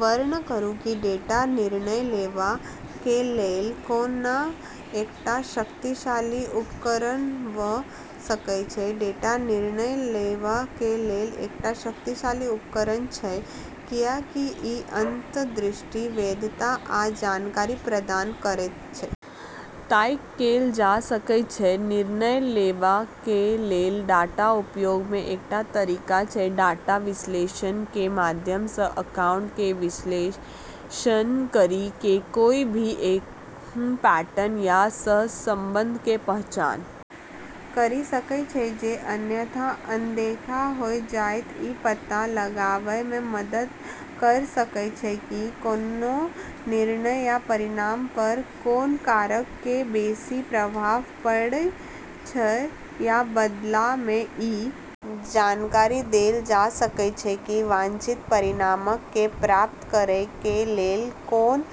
वर्णन करूं की डेटा निर्णय लेवा कें लेल कोना एकटा शक्तिशाली उपकरण भ सकय छै, डाटा निर्णय लेवा कें लेल एकटा शक्तिशाली उपकरण छै, कियाकि इ अंतर्दृष्टि, वैधता आ जानकारी प्रदान करयत छै तइक कैल जा सकय छै, निर्णय लेवा कें लेल डाटा उपयोगी कें एकटा तरीका छै डाटा विश्लेषण कें माध्यम सं आंकड़ऽ के विश्लेषण करी के कोय भी ऐन्हऽ पैटर्न या सहसंबंध के पहचान करी सकै छै जे अन्यथा अनदेखा होय जैतै इ पता लगावय मे मदद कयर सकय छै की कोनों निर्णय या परिणाम पर कोन कारक कें बेसि प्रभाव पड़य छै आ बदला मे इ जानकारी देल जा सकय छै की वांछित परिणामक कें प्राप्त करय कें लेल कोन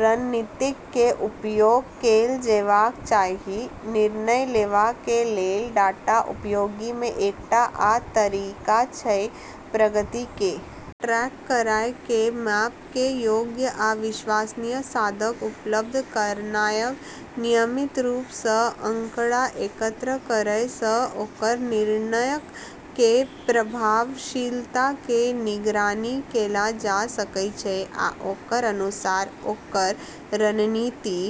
रणनीतियक कें उपयोग कैल जेबाक चाही, निर्णय लेवा कें लेल डाटा उपयोगी कें एकटा आ तरीका छै प्रगति कें ट्रैक करय कें माप कें योग्य आ विश्वसनीय साधन उपलब्ध करानाय नियमित रूप सं आंकड़ा एकत्र करय सं ओकर निर्णयक कें प्रभावशीलता कें निगरानी कैल जा सकय छै आ ओकर अनुसार ओकर रणनीति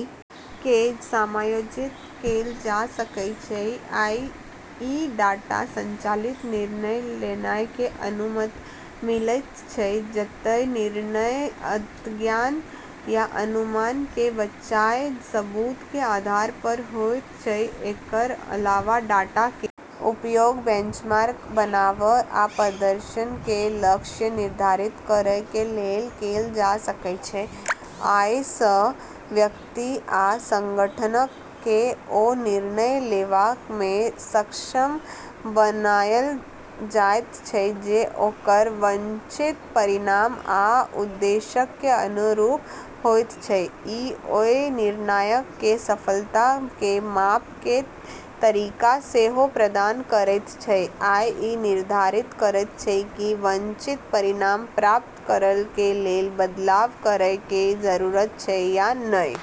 कें समायोजित कैल जा सकय छै, अइ सं डाटा संचालित निर्णय लेनाय कें अनुमति मिलयत छै जतय निर्णय अंतर्ज्ञान या अनुमान कें बजाय सबूत कें आधार पर होयत छै, एकर अलावा डाटा कें उपयोग बेंचमार्क बनावा आ प्रदर्शन कें लक्ष्य निर्धारित करय कें लेल कैल जा सकय छै, अइ सं व्यक्ति आ संगठनक कें ओ निर्णय लेवा मे सक्षम बनायल जायत छै जे ओकर वांछित परिणाम आ उद्देश्यक कें अनुरूप होयत छै, इ ओय निर्णयक कें सफलता कें माप कें तरीका सेहो प्रदान करयत छै, आ इ निर्धारित करयत छै की वांछित परिणाम प्राप्त करय कें लेल बदलाव करय कें जरूरत छै या नहि।